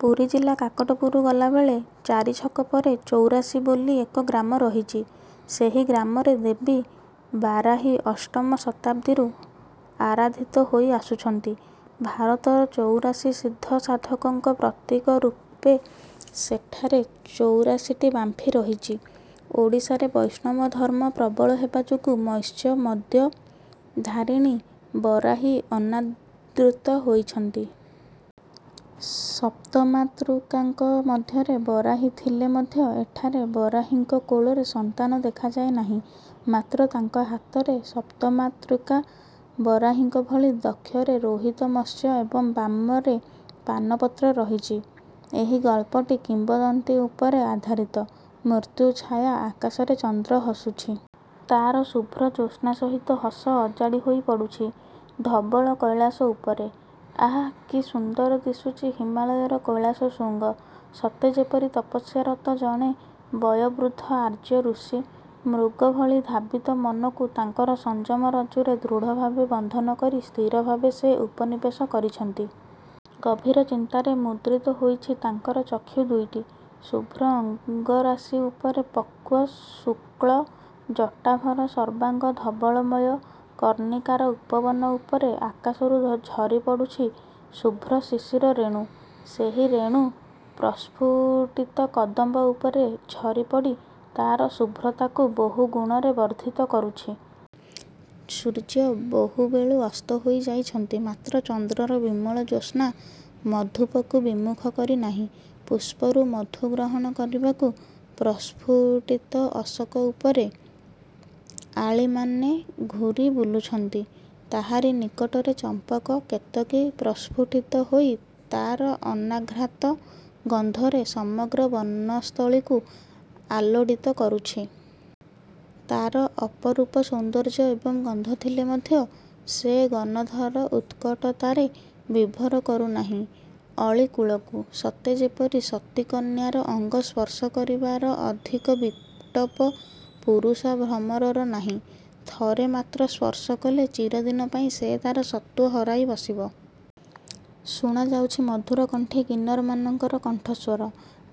ପୁରୀ ଜିଲ୍ଲା କାକଟକପୁର ଗଲାବେଳେ ଚାରିଛକ ପରେ ଚୌରାଶି ବୋଲି ଏକ ଗ୍ରାମ ରହିଛି। ସେହି ଗ୍ରାମରେ ଦେବୀ ବାରାହୀ ଅଷ୍ଟମ ଶତାବ୍ଦୀରୁ ଆରାଧିତ ହୋଇଆସୁଛନ୍ତି। ଭାରତର ଚଉରାଶି ସିଦ୍ଧ ସାଧକଙ୍କ ପ୍ରତୀକରୂପେ ସେଠାରେ ଚଉରାଶିଟି ବାମ୍ଫି ରହିଛି। ଓଡ଼ିଶାରେ ବୈଷ୍ଣବ ଧର୍ମ ପ୍ରବଳ ହେବା ଯୋଗୁ ମତ୍ସ୍ୟ, ମଦ୍ୟ ଧାରିଣୀ ବାରାହୀ ଅନାଦୃତ ହୋଇଛନ୍ତି। ସପ୍ତମାତୃକାଙ୍କ ମଧ୍ୟରେ ବାରାହୀ ଥିଲେ ମଧ୍ୟ ଏଠାରେ ବାରାହୀଙ୍କ କୋଳରେ ସନ୍ତାନ ଦେଖାଯାଏ ନାହିଁ। ମାତ୍ର ତାଙ୍କ ହାତରେ ସପ୍ତମାତୃକା ବାରାହୀଙ୍କ ଭଳି ଦକ୍ଷରେ ରୋହିତ ମତ୍ସ୍ୟ ଏବଂ ବାମରେ ପାନପତ୍ର ରହିଛି। ଏହି ଗଳ୍ପଟି କିମ୍ୱଦନ୍ତୀ ଉପରେ ଆଧାରିତ। ମୃତ୍ୟୁଛାୟା ଆକାଶରେ ଚନ୍ଦ୍ର ହସୁଛି। ତାର ଶୁଭ୍ର ଜ୍ୟୋତ୍ସ୍ନା ସହିତ ହସ ଅଜାଡ଼ି ହୋଇ ପଡ଼ୁଛି ଧବଳ କୈଳାସ ଉପରେ। ଆଃ କି ସୁନ୍ଦର ଦିଶୁଛି ହିମାଳୟର କୈଳାସ ଶୃଙ୍ଗ। ସତେ ଯେପରି ତପସ୍ୟାରତ ଜଣେ ବୟୋବୃଦ୍ଧ ଆର୍ଯ୍ୟ ଋଷି। ମୃଗଭଳି ଧାବିତ ମନକୁ ତାଙ୍କର ସଂଯମ ରଜ୍ଜୁରେ ଦୃଢ଼ଭାବେ ବନ୍ଧନ କରି ସ୍ଥିରଭାବେ ସେ ଉପବେଶନ କରିଛନ୍ତି। ଗଭୀର ଚିନ୍ତାରେ ମୁଦ୍ରିତ ହୋଇଛି ତାଙ୍କର ଚକ୍ଷୁ ଦୁଇଟି। ଶୁଭ୍ର ଅଙ୍ଗରାଶି ଉପରେ ପକ୍ୱ ଶୁକ୍ଳ ଜଟାଭାର ସର୍ବାଙ୍ଗ ଧବଳମୟ। କର୍ଣ୍ଣିକାର ଉପବନ ଉପରେ ଆକାଶରୁ ଝରିପଡ଼ୁଛି ଶୁଭ୍ର ଶିଶିର ରେଣୁ। ସେହି ରେଣୁ ପ୍ରସ୍ଫୁଟିତ କଦମ୍ୱ ଉପରେ ଝରି ପଡ଼ି ତାର ଶୁଭ୍ରତାକୁ ବହୁଗୁଣରେ ବର୍ଦ୍ଧିତ କରୁଛି। ସୂର୍ଯ୍ୟ ବହୁବେଳୁ ଅସ୍ତ ହୋଇଯାଇଛନ୍ତି। ମାତ୍ର ଚନ୍ଦ୍ରର ବିମଳ ଜ୍ୟୋତ୍ସ୍ନା ମଧୁପକୁ ବିମୁଖ କରି ନାହିଁ ପୁଷ୍ପରୁ ମଧୁ ଗ୍ରହଣ କରିବାକୁ। ପ୍ରସ୍ଫୁଟିତ ଅଶୋକ ଉପରେ ଅଳିମାନେ ଘୂରି ବୁଲୁଛନ୍ତି। ତାହାରି ନିକଟରେ ଚମ୍ପକ, କେତକି ପ୍ରସ୍ଫୁଟିତ ହୋଇ ତାର ଅନାଘ୍ରାତ ଗନ୍ଧରେ ସମଗ୍ର ବନସ୍ଥଳୀକୁ ଆଲୋଡ଼ିତ କରୁଛି। ତାର ଅପରୂପ ସୌନ୍ଦର୍ଯ୍ୟ ଏବଂ ଗନ୍ଧ ଥିଲେ ମଧ୍ୟ, ସେଗନଧର ଉତ୍କଟତାରେ ବିଭୋର କରୁନାହିଁ ଅଳି କୂଳକୁ। ସତେ ଯେପରି ସତୀକନ୍ୟାର ଅଙ୍ଗ ସ୍ପର୍ଶ କରିବାର ଅଧିକ ବିଟପ ପୁରୁଷ ଭ୍ରମରର ନାହିଁ। ଥରେ ମାତ୍ର ସ୍ପର୍ଶ କଲେ ଚିରଦିନ ପାଇଁ ସେ ତାର ସତ୍ତ୍ୱ ହରାଇ ବସିବ। ଶୁଣା ଯାଉଛି ମଧୁର କଣ୍ଠୀ କିନ୍ନରମାନଙ୍କର କଣ୍ଠସ୍ୱର।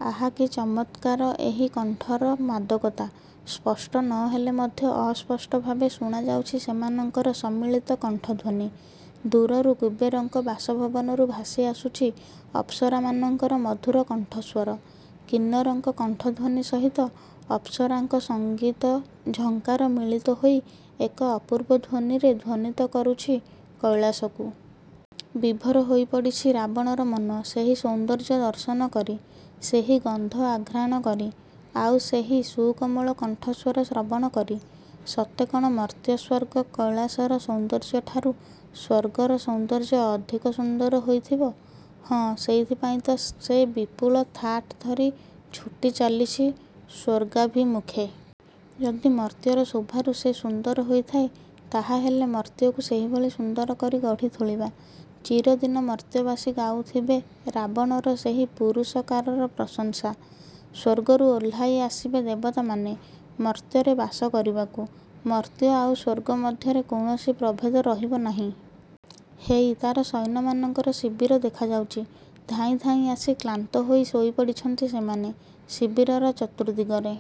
ଆଃ, କି ଚମତ୍କାର ସେହି କଣ୍ଠର ମାଦକତା। ସ୍ପଷ୍ଟ ନ ହେଲେ ମଧ୍ୟ ଅସ୍ପଷ୍ଟଭାବେ ଶୁଣା ଯାଉଛି ସେମାନଙ୍କର ସମ୍ମିଳିତ କଣ୍ଠଧ୍ୱନି। ଦୂରରୁ କୁବେରଙ୍କ ବାସଭବନରୁ ଭାସି ଆସୁଛି ଅପ୍ସରାମାନଙ୍କର ମଧୁର କଣ୍ଠସ୍ୱର। କିନ୍ନରଙ୍କ କଣ୍ଠଧ୍ୱନି ସହିତ ଅପ୍ସରାଙ୍କ ସଂଙ୍ଗୀତ ଝଙ୍କାର ମିଳିତ ହୋଇ ଏକ ଅପୂର୍ବ ଧ୍ୱନିରେ ଧ୍ୱନିତ କରୁଛି କୈଳାସକୁ। ବିଭୋର ହୋଇ ପଡ଼ିଛି ରାବଣର ମନ ସେହି ସୌନ୍ଦର୍ଯ୍ୟ ଦର୍ଶନ କରି—ସେହି ଗନ୍ଧ ଆଘ୍ରାଣ କରି, ଆଉ ସେହି ସୁକୋମଳ କଣ୍ଠ ସ୍ୱର ଶ୍ରବଣ କରି। ସତେ କଣ ମର୍ତ୍ତ୍ୟସ୍ୱର୍ଗ କୈଳାସର ସୌନ୍ଦର୍ଯ୍ୟଠାରୁ ସ୍ୱର୍ଗର ସୌନ୍ଦର୍ଯ୍ୟ ଅଧିକ ସୁନ୍ଦର ହୋଇଥିବ? ହଁ— ସେଥିପାଇଁ ତ ସେ ବିପୁଳ ଥାଟ ଧରି ଛୁଟି ଚାଲିଛି ସ୍ୱର୍ଗାଭିମୁଖେ। ଯଦି ମର୍ତ୍ତ୍ୟର ଶୋଭାରୁ ସେ ସୁନ୍ଦର ହୋଇଥାଏ ତାହା ହେଲେ ମର୍ତ୍ତ୍ୟକୁ ସେହିଭଳି ସୁନ୍ଦର କରି ଗଢ଼ି ତୋଳିବ। ଚିରଦିନ ମର୍ତ୍ତ୍ୟବାସୀ ଗାଉଥିବେ ରାବଣର ସେହି ପୁରୁଷକାରର ପ୍ରଶଂସା। ସ୍ୱର୍ଗରୁ ଓହ୍ଲାଇ ଆସିବେ ଦେବତାମାନେ ମର୍ତ୍ତ୍ୟରେ ବାସ କରିବାକୁ। ମର୍ତ୍ତ୍ୟ ଆଉ ସ୍ୱର୍ଗ ମଧ୍ୟରେ କୌଣସି ପ୍ରଭେଦ ରହିବ ନାହିଁ। ହେଇ, ତାର ସୈନ୍ୟମାନଙ୍କର ଶିବିର ଦେଖାଯାଉଛି। ଧାଇଁ ଧାଇଁ ଆସି କ୍ଳାନ୍ତ ହୋଇ ଶୋଇ ପଡ଼ିଛନ୍ତି ସେମାନେ। ଶିବିରର ଚତୁର୍ଦ୍ଦିଗରେ